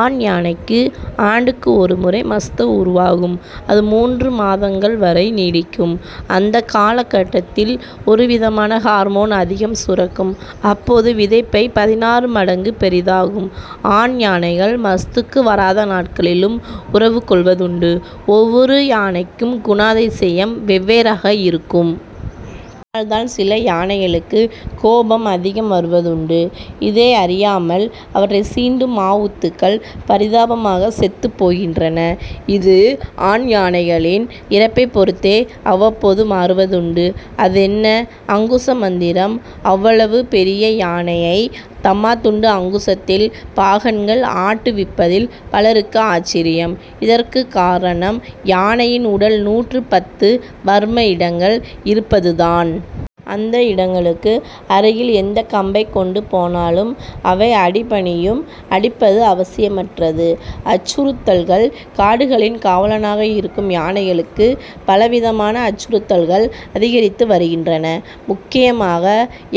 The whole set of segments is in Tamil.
ஆண் யானைக்கு ஆண்டுக்கு ஒரு முறை மஸ்த உருவாகும். அது மூன்று மாதங்கள் வரை நீடிக்கும். அந்தக் கால கட்டத்தில் ஒரு விதமான ஹார்மோன் அதிகம் சுரக்கும் அப்போது விதைப்பை பதினாறு மடங்கு பெரிதாகும். ஆண் யானைகள் மஸ்துக்கு வராத நாட்களிலும் உறவு கொள்வதுண்டு. ஒவ்வொரு யானைக்கும் குணாதிசயம் வெவ்வேறாக இருக்கும். இதனால்தான் சில யானைகளுக்கு கோபம் அதிகம் வருவதுண்டு. இதை அறியாமல் அவற்றைச் சீண்டும் மாவூத்துகள் பரிதாபமாக செத்துப்போகின்றனர். இது ஆண் யானைகளின் இறப்பைப் பொறுத்தே அவ்வப்போது மாறுவதுண்டு. அதென்ன அங்குச மந்திரம் அவ்வளவு பெரிய யானையை தம்மாத்துண்டு அங்குசத்தில் பாகன்கள் ஆட்டுவிப்பதில் பலருக்கு ஆச்சரியம். இதற்குக்காரணம் யானையின் உடல் நூற்று பத்து வர்ம இடங்கள் இருப்பதுதான். அந்த இடங்களுக்கு அருகில் எந்த கம்பைக்கொண்டு போனாலும் அவை அடி பணியும் அடிப்பது அவசியமற்றது. அச்சுறுத்தல்கள் காடுகளின் காவலனாக இருக்கும் யானைகளுக்கு பல விதமான அச்சுறுத்தல்கள் அதிகரித்து வருகின்றன. முக்கியமாக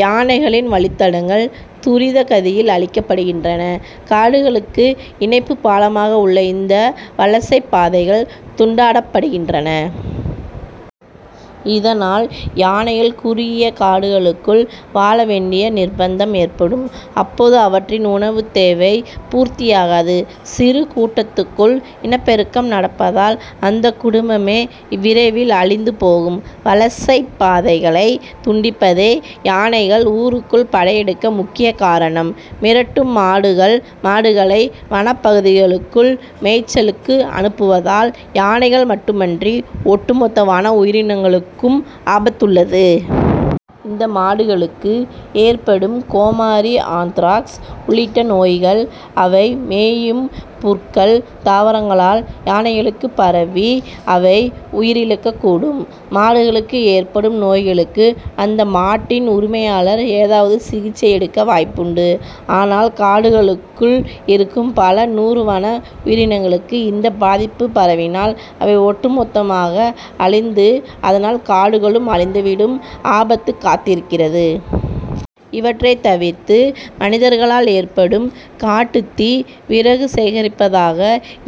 யானைகளின் வழித்தடங்கள் துரித கதியில் அழிக்கப்படுகின்றன. காடுகளுக்கு இணைப்புப் பாலமாக உள்ள இந்த வலசைப்பாதைகள் துண்டாடப்படுகின்றன. இதனால் யானைகள் குறுகிய காடுகளுக்குள் வாழ வேண்டிய நிர்ப்பந்தம் ஏற்படும். அப்போது அவற்றின் உணவுத் தேவை பூர்த்தியாகாது. சிறு கூட்டத்துக்குள் இனப் பெருக்கம் நடப்பதால் அந்த குடும்பமே விரைவில் அழிந்து போகும். வலசைப் பாதைகளைத் துண்டிப்பதே யானைகள் ஊருக்குள் படையெடுக்க முக்கியக்காரணம். மிரட்டும் மாடுகள் மாடுகளை வனப்பகுதிகளுக்குள் மேய்ச்சலுக்கு அனுப்புவதால் யானைகள் மட்டுமின்றி ஒட்டு மொத்த வன உயிரினங்களுக்கும் ஆபத்துள்ளது. இந்த மாடுகளுக்கு ஏற்படும் கோமாரி ஆந்த்ராக்ஸ் உள்ளிட்ட நோய்கள் அவை மேயும் புற்கள், தாவரங்களால் யானைகளுக்குப் பரவி அவை உயிரிழக்கக்கூடும். மாடுகளுக்கு ஏற்படும் நோய்களுக்கு அந்த மாட்டின் உரிமையாளர் ஏதாவது சிகிச்சை எடுக்க வாய்ப்புண்டு. ஆனால் காடுகளுக்குள் இருக்கும் பல நூறு வன உயிரினங்களுக்கு இந்த பாதிப்பு பரவினால் அவை ஒட்டு மொத்தமாக அழிந்து அதனால் காடுகளும் அழிந்து விடும் ஆபத்து காத்திருக்கிறது. இவற்றைத் தவிர்த்து மனிதர்களால் ஏற்படும் காட்டுத்தீ விறகு சேகரிப்பதாக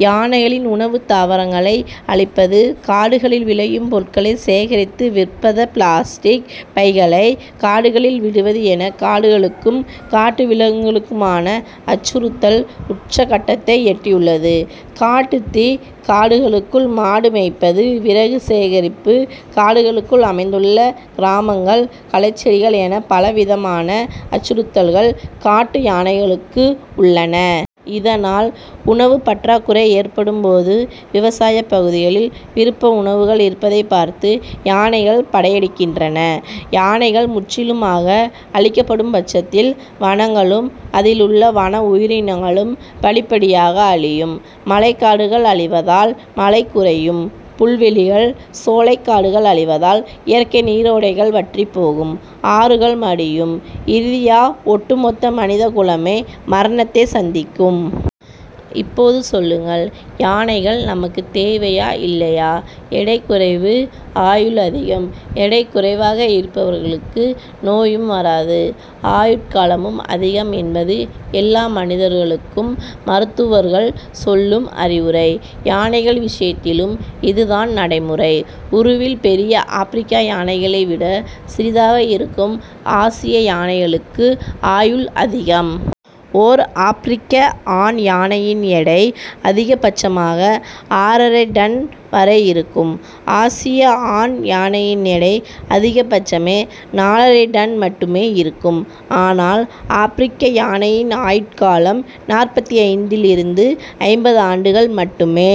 யானைகளின் உணவுத்தாவரங்களை அழிப்பது காடுகளில் விளையும் பொருட்களை சேகரித்து விற்பத பிளாஸ்டிக் பைகளை காடுகளில் விடுவது என காடுகளுக்கும் காட்டு விலங்குகளுக்குமான அச்சுறுத்தல் உச்சக்கட்டத்தை எட்டியுள்ளது. காட்டுத்தீ காடுகளுக்குள் மாடு மேய்ப்பது விறகு சேகரிப்பு காடுகளுக்குள் அமைந்துள்ள கிராமங்கள் களைச்செடிகள் என பலவிதமான அச்சுறுத்தல்கள் காட்டு யானைகளுக்கு உள்ளன. இதனால் உணவுப் பற்றாக்குறை ஏற்படும்போது விவசாயப் பகுதிகளில் விருப்ப உணவுகள் இருப்பதைப் பார்த்து யானைகள் படையெடுக்கின்றன. யானைகள் முற்றிலுமாக அழிக்கப்படும்பட்சத்தில் வனங்களும் அதிலுள்ள வன உயிரினங்களும் படிப்படியாக அழியும். மழைக்காடுகள் அழிவதால் மழை குறையும். புல்வெளிகள் சோலைக்காடுகள் அழிவதால் இயற்கை நீரோடைகள் வற்றிப் போகும் ஆறுகள் மடியும் இறுதியா ஒட்டு மொத்த மனித குலமே மரணத்தை சந்திக்கும். இப்போது சொல்லுங்கள் யானைகள் நமக்குத் தேவையா இல்லையா? எடை குறைவு ஆயுள் அதிகம்! எடை குறைவாக இருப்பவர்களுக்கு நோயும் வராது ஆயுட்காலமும் அதிகம் என்பது எல்லா மனிதர்களுக்கும் மருத்துவர்கள் சொல்லும் அறிவுரை. யானைகள் விஷயத்திலும் இதுதான் நடைமுறை. உருவில் பெரிய ஆப்பிரிக்க யானைகளை விட சிறிதாக இருக்கும் ஆசிய யானைகளுக்கு ஆயுள் அதிகம். ஓர் ஆப்பிரிக்க ஆண் யானையின் எடை, அதிகபட்சமாக ஆறரைடன் வரை இருக்கும். ஆசிய ஆண் யானையின் எடை அதிகபட்சமே நாலரைடன் மட்டுமே இருக்கும். ஆனால் ஆப்பிரிக்க யானையின் ஆயுட்காலம் நாற்பத்தைந்திலிருந்து ஐம்பது ஆண்டுகள் மட்டுமே.